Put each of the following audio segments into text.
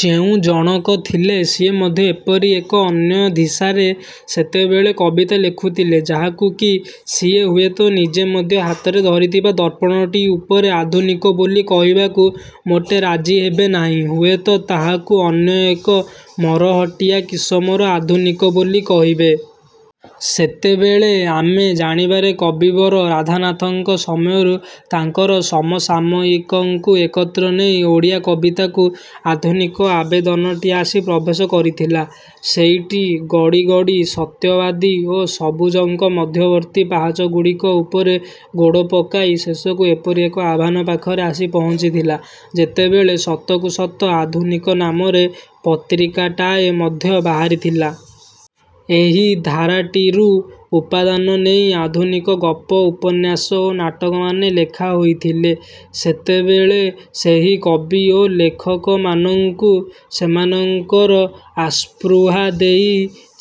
ଯେଉଁ ଜଣକ ଥିଲେ ସିଏ ମଧ୍ୟ ଏପରି ଏକ ଅନ୍ୟ ଧିସାରେ ସେତେବେଳେ କବିତା ଲେଖୁଥଲେ ଯାହାକୁ କି ସିଏ ହୁଏତ ନିଜେ ମଧ୍ୟ ହାତରେ ଧରିଥିବା ଦର୍ପଣଟି ଉପରେ ଆଧୁନିକ ବୋଲି କହିବାକୁ ମୋଟେ ରାଜି ହେବେ ନାହିଁ। ହୁଏତ ତାହାକୁ ଅନ୍ୟ ଏକ ମରହଟିଆ କିସମର ଆଧୁନିକ ବୋଲି କହିବେ। ସେତେବେଳେ ଆମେ ଜାଣିବାରେ କବିବର ରାଧାନାଥଙ୍କ ସମୟରୁ ତାଙ୍କର ସମସାମୟିକଙ୍କୁ ଏକତ୍ର ନେଇ ଓଡ଼ିଆ କବିତାକୁ ଆଧୁନିକ ଆବେଦନଟି ଆସି ପ୍ରବେଶ କରିଥିଲା। ସେଇଟି ଗଡ଼ି ଗଡ଼ି ସତ୍ୟବାଦୀ ଓ ସବୁଜଙ୍କ ମଧ୍ୟବର୍ତ୍ତୀ ପାହାଚଗୁଡ଼ିକ ଉପରେ ଗୋଡ଼ ପକାଇ ଶେଷକୁ ଏପରି ଏକ ଆହ୍ୱାନ ପାଖରେ ଆସି ପହଞ୍ଚିଥିଲା, ଯେତେବେଳେ ସତକୁ ସତ ଆଧୁନିକ ନାମରେ ପତ୍ରିକାଟାଏ ମଧ୍ୟ ବାହାରିଥିଲା। ଏହି ଧାରାଟିରୁ ଉପାଦାନ ନେଇ ଆଧୁନିକ ଗପ, ଉପନ୍ୟାସ ଓ ନାଟକମାନେ ଲେଖା ହୋଇଥିଲେ। ସେତେବେଳେ ସେହି କବି ଓ ଲେଖକମାନଙ୍କୁ ସେମାନଙ୍କର ଆସ୍ପୃହା ଦେଇ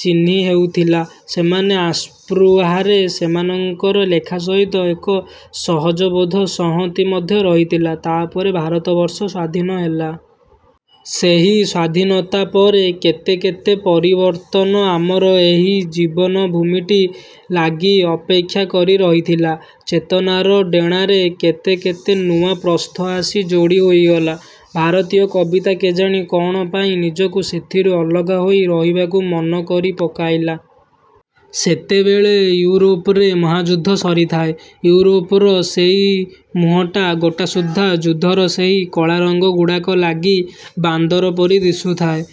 ଚିହ୍ନି ହେଉଥିଲା। ସେମାନଙ୍କ ଆସ୍ପୃହାରେ ସେମାନଙ୍କର ଲେଖା ସହିତ ଏକ ସହଜବୋଧ ସଂହତି ମଧ୍ୟ ରହିଥିଲା। ତାପରେ ଭାରତବର୍ଷ ସ୍ୱାଧୀନ ହେଲା। ସେହି ସ୍ୱାଧୀନତା ପରେ କେତେ କେତେ ପରିବର୍ତ୍ତନ ଆମର ଏହି ଜୀବନ ଭୂମିଟି ଲାଗି ଅପେକ୍ଷା କରି ରହିଥିଲା। ଚେତନାର ଡ଼େଣାରେ କେତେ କେତେ ନୂଆ ପ୍ରସ୍ଥ ଆସି ଯୋଡ଼ି ହୋଇଗଲା। ଭାରତୀୟ କବିତା କେଜାଣି କଣ ପାଇଁ ନିଜକୁ ସେଥିରୁ ଅଲଗା ହୋଇ ରହିବାକୁ ମନ କରି ପକାଇଲା। ସେତେବେଳେ ଇଉରୋପରେ ମହାଯୁଦ୍ଧ ସରିଥାଏ। ଇଉରୋପର ସେହି ମୁହଁଟା ଗୋଟାସୁଦ୍ଧା ଯୁଦ୍ଧର ସେହି କଳାରଙ୍ଗ ଗୁଡ଼ାକ ଲାଗି ବାନ୍ଦର ପରି ଦିଶୁଥାଏ।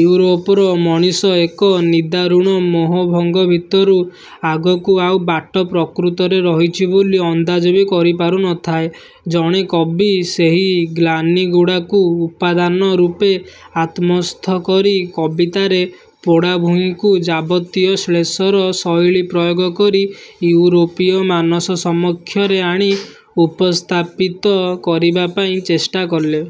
ଇଉରୋପର ମଣିଷ ଏକ ନିଦାରୁଣ ମୋହଭଙ୍ଗ ଭିତରୁ ଆଗକୁ ଆଉ ବାଟ ପ୍ରକୃତରେ ରହିଛି ବୋଲି ଅନ୍ଦାଜ ବି କରିପାରୁନଥାଏ। ଜଣେ କବି ସେହି ଗ୍ଲାନି ଗୁଡ଼ାକୁ ଉପାଦାନ ରୂପେ ଆତ୍ମସ୍ଥ କରି କବିତାରେ ପୋଡ଼ା ଭୂଇଁକୁ ଯାବତୀୟ ଶ୍ଳେଷର ଶୈଳୀ ପ୍ରୟୋଗ କରି ଇଉରୋପୀୟ ମାନସ ସମକ୍ଷରେ ଆଣି ଉପସ୍ଥାପିତ କରିବା ପାଇଁ ଚେଷ୍ଟା କଲେ।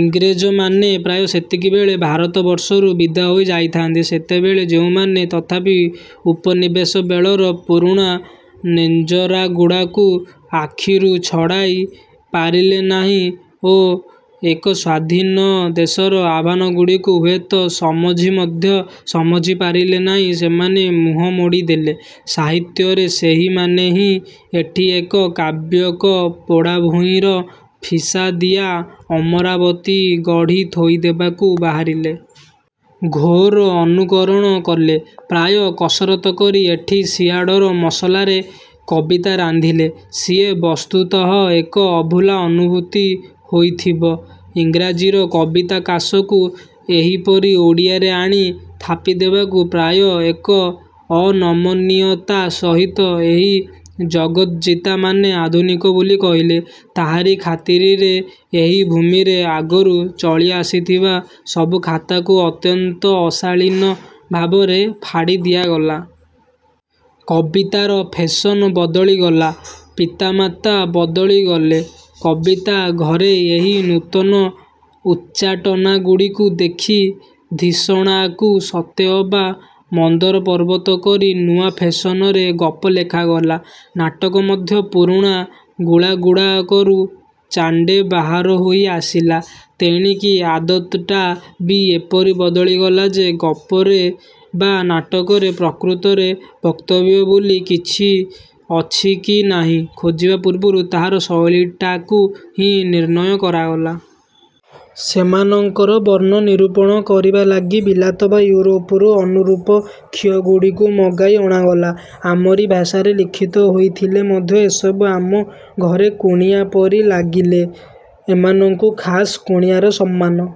ଇଂରେଜମାନେ ପ୍ରାୟ ସେତିକିବେଳେ ଭାରତବର୍ଷରୁ ବିଦା ହୋଇ ଯାଇଥାନ୍ତି। ସେତେବେଳେ ଯେଉଁମାନେ ତଥାପି ଉପନିବେଶ ବେଳର ପୁରୁଣା ନେଞ୍ଜରାଗୁଡ଼ାକୁ ଆଖିରୁ ଛଡ଼ାଇ ପାରିଲେ ନାହିଁ ଓ ଏକ ସ୍ଵାଧୀନ ଦେଶର ଆହ୍ୱାନଗୁଡ଼ିକୁ ହୁଏତ ସମଝି ମଧ୍ୟ ସମଝି ପାରିଲେ ନାହିଁ, ସେମାନେ ମୁହଁ ମୋଡ଼ିଦେଲେ। ସାହିତ୍ୟରେ ସେହିମାନେ ହିଁ ଏଠି ଏକ କାବ୍ୟିକ ପୋଡ଼ାଭୂଇଁର ଫିସାଦିଆ ଅମରାବତୀ ଗଢ଼ି ଥୋଇଦେବାକୁ ବାହାରିଲେ। ଘୋର ଅନୁକରଣ କଲେ, ପ୍ରାୟ କସରତ କରି ଏଠି ସିଆଡ଼ର ମସଲାରେ କବିତା ରାନ୍ଧିଲେ। ସିଏ ବସ୍ତୁତଃ ଏକ ଅଭୁଲା ଅନୁଭୂତି ହୋଇଥିବ। ଇଂରାଜୀର କବିତାକାଶକୁ ଏହିପରି ଓଡ଼ିଆରେ ଆଣି ଥାପିଦେବାକୁ ପ୍ରାୟ ଏକ ଅନମନୀୟତା ସହିତ ଏହି ଜଗତଜିତାମାନେ ଆଧୁନିକ ବୋଲି କହିଲେ। ତାହାରି ଖାତିରିରେ ଏହି ଭୂମିରେ ଆଗରୁ ଚଳି ଆସିଥିବା ସବୁ ଖାତାକୁ ଅତ୍ୟନ୍ତ ଅଶାଳୀନ ଭାବରେ ଫାଡ଼ି ଦିଆଗଲା। କବିତାର ଫେଶନ ବଦଳିଗଲା, ପିତାମାତା ବଦଳିଗଲେ। କବିତା ଘରେ ଏହି ନୂତନ ଉଚ୍ଚାଟନାଗୁଡ଼ିକୁ ଦେଖି ଧୀଷଣାକୁ ସତେଅବା ମନ୍ଦରପର୍ବତ କରି ନୂଆ ଫେସନରେ ଗପ ଲେଖାଗଲା। ନାଟକ ମଧ୍ୟ ପୁରୁଣା ଗୁଳାଗୁଡ଼ାକରୁ ଚାଣ୍ଡେ ବାହାର ହୋଇ ଆସିଲା। ତେଣିକି ଆଦତଟା ବି ଏପରି ବଦଳିଗଲା ଯେ ଗପରେ ବା ନାଟକରେ ପ୍ରକୃତରେ ବକ୍ତବ୍ୟ ବୋଲି କିଛି ଅଛି କି ନାହିଁ ଖୋଜିବା ପୂର୍ବରୁ ତାହାର ଶୈଳୀଟାକୁ ହିଁ ନିର୍ଣ୍ଣୟ କରାଗଲା। ସେମାନଙ୍କର ବର୍ଣ୍ଣ ନିରୂପଣ କରିବା ଲାଗି ବିଲାତ ବା ଇଉରୋପରୁ ଅନୁରୂପ ଖିଅଗୁଡ଼ିକୁ ମଗାଇ ଅଣାଗଲା। ଆମରି ଭାଷାରେ ଲିଖିତ ହୋଇଥିଲେ ମଧ୍ୟ ଏସବୁ ଆମ ଘରେ କୁଣିଆ ପରି ଲାଗିଲେ। ଏମାନଙ୍କୁ ଖାସ୍ କୁଣିଆର ସମ୍ମାନ